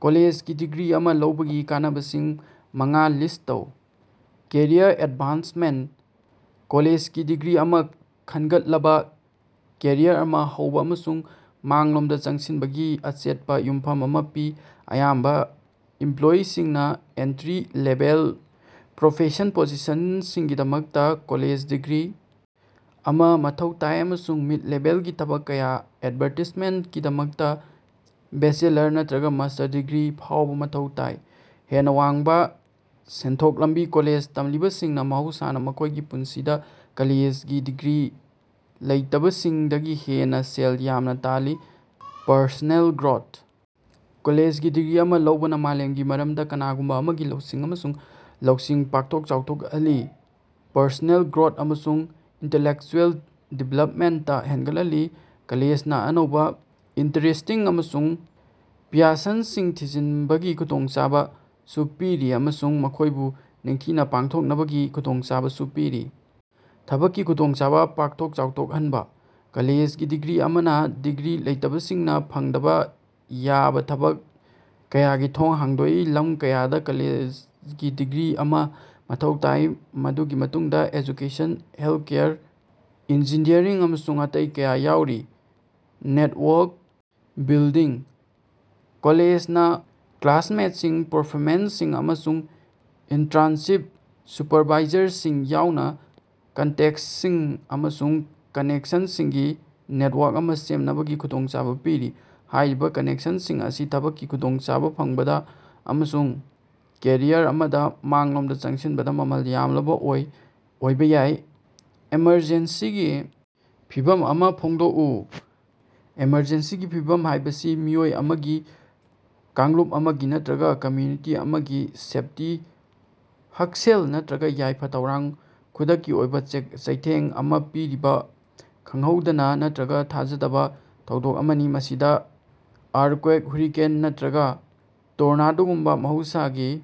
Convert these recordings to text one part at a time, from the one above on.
ꯀꯣꯂꯦꯖꯒꯤ degree ꯑꯃ ꯂꯧꯕꯒꯤ ꯀꯥꯟꯅꯕꯁꯤꯡ ꯃꯉꯥ ꯂꯤꯁ꯭ꯠ ꯇꯧ꯫ ꯀꯦꯔꯤꯌꯔ ꯑꯦꯗꯚꯥꯟꯁꯃꯦꯟꯇ - ꯀꯣꯂꯦꯖꯒꯤ ꯗꯤꯒ꯭ꯔꯤ ꯑꯃꯅ ꯈꯟꯒꯠꯂꯕꯥ ꯀꯦꯔꯤꯌꯔ ꯑꯃ ꯍꯧꯕ ꯑꯃꯁꯨꯡ ꯃꯥꯡꯂꯣꯝꯗ ꯆꯪꯁꯤꯟꯕꯒꯤ ꯑꯆꯦꯠꯄ ꯌꯨꯝꯐꯝ ꯑꯃ ꯄꯤ꯫ ꯑꯌꯥꯝꯕ ꯏꯝꯄ꯭ꯂꯣꯌꯔꯁꯤꯡꯅ ꯑꯦꯟꯇꯔꯤ ꯂꯦꯚꯦꯜ ꯄ꯭ꯔꯣꯐꯦꯁꯅꯦꯜ ꯄꯣꯖꯤꯁꯟꯁꯤꯡꯒꯤꯗꯃꯛꯇ ꯀꯣꯂꯦꯖ ꯗꯤꯒ꯭ꯔꯤ ꯑꯃ ꯃꯊꯧ ꯇꯥꯏ, ꯑꯃꯁꯨꯡ ꯃꯤꯗ-ꯂꯦꯚꯦꯜꯒꯤ ꯊꯕꯛ ꯀꯌꯥꯗ ꯑꯦꯗꯚꯥꯟꯁꯃꯦꯟꯇꯀꯤꯗꯃꯛꯇ ꯕꯦꯆꯦꯂꯔ ꯅꯠꯇꯔꯒ ꯃꯥꯁ꯭ꯇꯔ ꯗꯤꯒ꯭ꯔꯤ ꯐꯥꯎꯕ ꯃꯊꯧ ꯇꯥꯏ꯫ ꯍꯦꯟꯅ ꯋꯥꯡꯕ ꯁꯦꯟꯊꯣꯛ ꯂꯝꯕꯤ- ꯀꯣꯂꯦꯖ ꯇꯝꯂꯤꯕꯁꯤꯡꯅ ꯃꯍꯧꯁꯥꯅ ꯃꯈꯣꯏꯒꯤ ꯄꯨꯟꯁꯤꯗ ꯀꯣꯂꯦꯖꯒꯤ ꯗꯤꯒ꯭ꯔꯤ ꯂꯩꯇꯕꯁꯤꯡꯗꯒꯤ ꯍꯦꯟꯅ ꯁꯦꯜ ꯌꯥꯝꯅ ꯇꯥꯜꯂꯤ꯫ ꯄꯔꯁꯣꯅꯦꯜ ꯒ꯭ꯔꯣꯊ- ꯀꯣꯂꯦꯖꯒꯤ ꯗꯤꯒ꯭ꯔꯤ ꯑꯃ ꯂꯧꯕꯅ ꯃꯥꯂꯦꯝꯒꯤ ꯃꯔꯝꯗ ꯀꯅꯥꯒꯨꯝꯕ ꯑꯃꯒꯤ ꯂꯧꯁꯤꯡ ꯑꯃꯁꯨꯡ ꯂꯧꯁꯤꯡ ꯄꯥꯛꯊꯣꯛ ꯆꯥꯎꯊꯣꯛꯍꯜꯂꯤ, ꯄꯔꯁꯣꯅꯦꯜ ꯒ꯭ꯔꯣꯊ ꯑꯃꯁꯨꯡ ꯏꯟꯇꯦꯂꯦꯛꯆꯨꯑꯦꯜ ꯗꯤꯚꯦꯂꯞꯃꯦꯟꯇ ꯍꯦꯟꯒꯠꯍꯜꯂꯤ꯫ ꯀꯣꯂꯦꯖꯅ ꯑꯅꯧꯕ ꯏꯟꯇꯔꯦꯁ꯭ꯇꯁꯤꯡ ꯑꯃꯁꯨꯡ ꯄ꯭ꯌꯥꯁꯟꯁꯤꯡ ꯊꯤꯖꯤꯅꯕꯒꯤ ꯈꯨꯗꯣꯡꯆꯥꯕꯁꯨ ꯄꯤꯔꯤ, ꯑꯃꯁꯨꯡ ꯃꯈꯣꯏꯕꯨ ꯅꯤꯡꯊꯤꯅ ꯄꯥꯡꯊꯣꯛꯅꯕꯒꯤ ꯈꯨꯗꯣꯡꯆꯥꯕꯁꯨ ꯄꯤꯔꯤ꯫ ꯊꯕꯛꯀꯤ ꯈꯨꯗꯣꯡꯆꯥꯕ ꯄꯥꯛꯊꯣꯛ ꯆꯥꯎꯊꯣꯛꯍꯟꯕ - ꯀꯣꯂꯦꯖꯒꯤ ꯗꯤꯒ꯭ꯔꯤ ꯑꯃꯅ ꯗꯤꯒ꯭ꯔꯤ ꯂꯩꯇꯕꯁꯤꯡꯅ ꯐꯪꯗꯕꯥ ꯌꯥꯕ ꯊꯕꯛ ꯀꯌꯥꯒꯤ ꯊꯣꯡ ꯍꯥꯡꯗꯣꯛꯏ꯫ ꯂꯝ ꯀꯌꯥꯗ ꯀꯣꯂꯦꯖꯒꯤ ꯗꯤꯒ꯭ꯔꯤ ꯑꯃ ꯃꯊꯧ ꯇꯥꯏ, ꯃꯗꯨꯒꯤ ꯃꯅꯨꯡꯗ ꯑꯦꯖꯨꯀꯦꯁꯟ, ꯍꯦꯜꯊꯀꯦꯌꯔ, ꯏꯟꯖꯤꯅꯤꯌꯔꯤꯡ ꯑꯃꯁꯨꯡ ꯑꯇꯩ ꯀꯌꯥ ꯌꯥꯎꯔꯤ꯫ ꯅꯦꯠꯋꯥꯔꯛ ꯕꯤꯜꯗꯤꯡ - ꯀꯣꯂꯦꯖꯅꯥ ꯀ꯭ꯂꯥꯁꯃꯦꯠꯁꯤꯡ, ꯄ꯭ꯔꯣꯐꯦꯁꯔꯁꯤꯡ, ꯑꯃꯁꯨꯡ ꯏꯟꯇ꯭ꯔꯟꯁꯤꯞ ꯁꯨꯄꯔꯚꯥꯏꯖꯔꯁꯤꯡ ꯌꯥꯎꯅ ꯀꯟꯇꯦꯛꯇꯁꯤꯡ ꯑꯃꯁꯨꯡ ꯀꯥꯅꯦꯛꯁꯟꯁꯤꯡꯒꯤ ꯅꯦꯠꯋꯥꯔꯛ ꯑꯃ ꯁꯦꯝꯅꯕꯒꯤ ꯈꯨꯗꯣꯡꯆꯥꯕ ꯄꯤꯔꯤ꯫ ꯍꯥꯏꯔꯤꯕ ꯀꯥꯅꯦꯛꯁꯟꯁꯤꯡ ꯑꯁꯤ ꯊꯕꯛꯀꯤ ꯈꯨꯗꯣꯡꯆꯥꯕ‌ ꯐꯪꯕꯗꯥ ꯑꯃꯁꯨꯡ ꯀꯦꯔꯤꯌꯔ ꯑꯃꯗ ꯃꯥꯡꯂꯣꯝꯗ ꯆꯪꯁꯤꯟꯕꯗꯥ ꯃꯃꯜ ꯌꯥꯝꯂꯕꯥ ꯑꯣꯏꯕ ꯌꯥꯏ꯫ ꯑꯦꯃꯔꯖꯦꯟꯁꯤꯒꯤ ꯐꯤꯚꯝ ꯑꯃ ꯐꯣꯡꯗꯣꯛꯎ꯫ ꯑꯦꯃꯔꯖꯦꯟꯁꯤꯒꯤ ꯐꯤꯚꯝ ꯍꯥꯏꯕꯁꯤ ꯃꯤꯑꯣꯏ ꯑꯃꯒꯤ, ꯀꯥꯡꯂꯨꯞ ꯑꯃꯒꯤ ꯅꯠꯇꯔꯒ ꯀꯝꯃ꯭ꯌꯨꯅꯤꯇꯤ ꯑꯃꯒꯤ ꯁꯦꯐꯇꯤ, ꯍꯛꯁꯦꯜ ꯅꯠꯇꯔꯒ ꯌꯥꯏꯐ-ꯊꯧꯔꯥꯡꯗ ꯈꯨꯗꯛꯀꯤ ꯑꯣꯏꯕ ꯆꯩꯊꯦꯡ ꯑꯃ ꯄꯤꯔꯤꯕ ꯈꯪꯍꯧꯗꯅꯥ ꯅꯠꯇꯔꯒ ꯊꯥꯖꯗꯕꯥ ꯊꯧꯗꯣꯛ ꯑꯃꯅꯤ꯫ ꯃꯁꯤꯗ ꯑꯥ꯭ꯔꯊꯀ꯭ꯋꯦꯛ, ꯍꯨꯔꯤꯀꯦꯟ ꯅꯠꯇꯔꯒ ꯇꯣꯔꯅꯥꯗꯣꯒꯨꯝꯕ ꯃꯍꯧꯁꯥꯒꯤ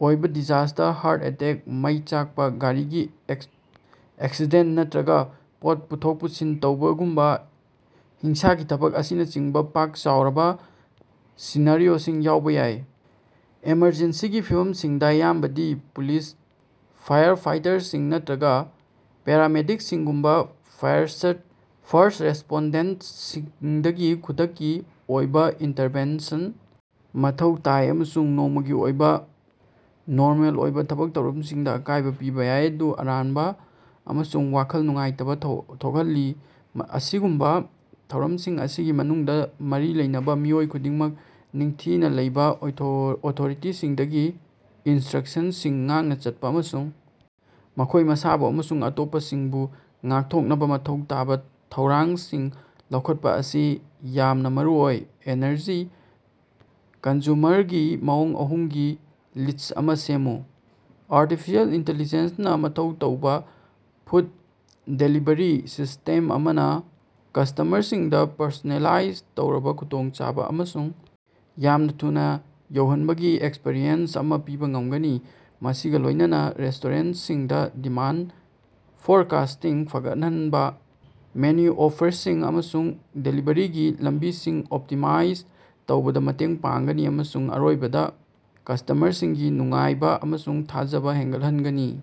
ꯑꯣꯏꯕ ꯗꯤꯖꯥꯁꯇꯔ, ꯍꯥ꯭ꯔꯠ ꯑꯦꯇꯦꯛ, ꯃꯩ ꯆꯥꯛꯄ, ꯒꯥꯔꯤꯒꯤ ꯑꯦꯛꯁꯤꯗꯦꯟꯇ ꯅꯠꯇꯔꯒꯥ ꯄꯣꯠ ꯄꯨꯊꯣꯛ ꯄꯨꯁꯤꯟ ꯇꯧꯕꯒꯨꯝꯕ ꯍꯤꯡꯁꯥꯒꯤ ꯊꯕꯛ ꯑꯁꯤꯅꯆꯤꯡꯕ ꯄꯥꯛ-ꯆꯥꯎꯔꯕꯥ ꯁꯤꯅꯥꯔꯤꯑꯣꯁꯤꯡ ꯌꯥꯎꯕ ꯌꯥꯏ꯫ ꯑꯦꯃꯔꯖꯦꯟꯁꯤꯒꯤ ꯐꯤꯚꯝꯁꯤꯡꯗ ꯑꯌꯥꯝꯕꯗꯤ ꯄꯨꯂꯤꯁ, ꯐꯥꯏꯌꯔ ꯐꯥꯏꯇꯔꯁꯤꯡ ꯅꯠꯇꯔꯒꯥ ꯄꯦꯔꯥꯃꯦꯗꯤꯛꯁꯤꯡꯒꯨꯝꯕ ꯐꯥꯔꯁ꯭ꯠ ꯔꯦꯁꯄꯣꯟꯗꯦꯟꯇꯁꯤꯡꯗꯒꯤ ꯈꯨꯗꯛꯀꯤ ꯑꯣꯏꯕ ꯏꯟꯇꯔꯚꯦꯟꯁꯟ ꯃꯊꯧ ꯇꯥꯏ ꯑꯃꯁꯨꯡ ꯅꯣꯡꯃꯒꯤ ꯑꯣꯏꯕ ꯅꯣꯔꯃꯦꯜ ꯑꯣꯏꯕ ꯊꯕꯛ ꯊꯧꯔꯝꯁꯤꯡꯗ ꯑꯀꯥꯏꯕ ꯄꯤꯕ ꯌꯥꯏ, ꯃꯗꯨ ꯑꯔꯥꯟꯕ ꯑꯃꯁꯨꯡ ꯋꯥꯈꯜ ꯅꯨꯡꯉꯥꯏꯇꯕꯥ ꯊꯣꯛꯍꯜꯂꯤ꯫ ꯑꯁꯤꯒꯨꯝꯕ ꯊꯧꯔꯝꯁꯤꯡ ꯑꯁꯤꯒꯤ ꯃꯅꯨꯡꯗ, ꯃꯔꯤ ꯂꯩꯅꯕꯥ ꯃꯤꯑꯣꯏ ꯈꯨꯗꯤꯡꯃꯛ ꯅꯤꯡꯊꯤꯅ ꯂꯩꯕ, ꯑꯣꯊꯣꯔꯤꯇꯤꯁꯤꯡꯗꯒꯤ ꯏꯟꯁꯇ꯭ꯔꯛꯁꯟꯁꯤꯡ ꯉꯥꯛꯅ ꯆꯠꯄꯥ, ꯑꯃꯁꯨꯡ ꯃꯈꯣꯏ ꯃꯁꯥꯕꯨ ꯑꯃꯁꯨꯡ ꯑꯇꯣꯞꯄꯁꯤꯡꯕꯨ ꯉꯥꯛꯊꯣꯛꯅꯕꯥ ꯃꯊꯧ ꯇꯥꯕ ꯊꯧꯔꯥꯡꯁꯤꯡ ꯂꯧꯈꯠꯄ ꯑꯁꯤ ꯌꯥꯝꯅ ꯃꯔꯨꯑꯣꯏ꯫ ꯑꯦꯅꯔꯖꯤ ꯀꯟꯖ꯭ꯌꯨꯃꯔꯒꯤ ꯃꯑꯣꯡ ꯑꯍꯨꯝꯒꯤ ꯂꯤꯁ꯭ꯠ ꯑꯃ ꯁꯦꯃꯃꯨ꯫ ꯑꯥꯔꯇꯤꯐꯤꯁꯤꯑꯦꯜ ꯏꯟꯇꯤꯂꯤꯖꯦꯟꯁ ꯅꯥ ꯃꯊꯧ ꯇꯧꯕ ꯐꯨꯗ ꯗꯦꯂꯤꯕꯔꯤ ꯁꯤꯁꯇꯦꯝ ꯑꯃꯅ ꯀꯁ꯭ꯇꯃꯔꯁꯤꯡꯗ ꯄꯔꯁꯣꯅꯦꯂꯥꯏꯖ ꯇꯧꯔꯕ, ꯈꯨꯗꯣꯡꯆꯥꯕ‌ ꯑꯃꯁꯨꯡ ꯌꯥꯝꯅ ꯊꯨꯅ ꯌꯧꯍꯟꯕꯒꯤ ꯑꯦꯛꯁꯄꯔꯤꯌꯦꯟꯁ ꯑꯃ ꯄꯤꯕ ꯉꯝꯒꯅꯤ, ꯃꯁꯤꯒ ꯂꯣꯏꯅꯅꯥ ꯔꯦꯁꯇꯣꯔꯦꯟꯇꯁꯤꯡꯗ ꯗꯤꯃꯥꯟꯗ ꯐꯣꯔꯀꯥꯁꯇꯤꯡ ꯐꯒꯠꯍꯟꯕꯗꯥ, ꯃꯦꯅꯨ ꯑꯣꯐꯔꯁꯤꯡ ꯑꯃꯁꯨꯡ ꯗꯦꯂꯤꯕꯔꯤꯒꯤ ꯂꯝꯕꯤꯁꯤꯡ ꯑꯣꯞꯇꯤꯃꯥꯏꯖ ꯇꯧꯕꯗ ꯃꯇꯦꯡ ꯄꯥꯡꯒꯅꯤ, ꯑꯃꯁꯨꯡ ꯑꯔꯣꯏꯕꯗꯥ ꯀꯁ꯭ꯇꯃꯔꯁꯤꯡꯒꯤ ꯅꯨꯡꯉꯥꯏꯕ ꯑꯃꯁꯨꯡ ꯊꯥꯖꯕ ꯍꯦꯟꯒꯠꯍꯟꯒꯅꯤ꯫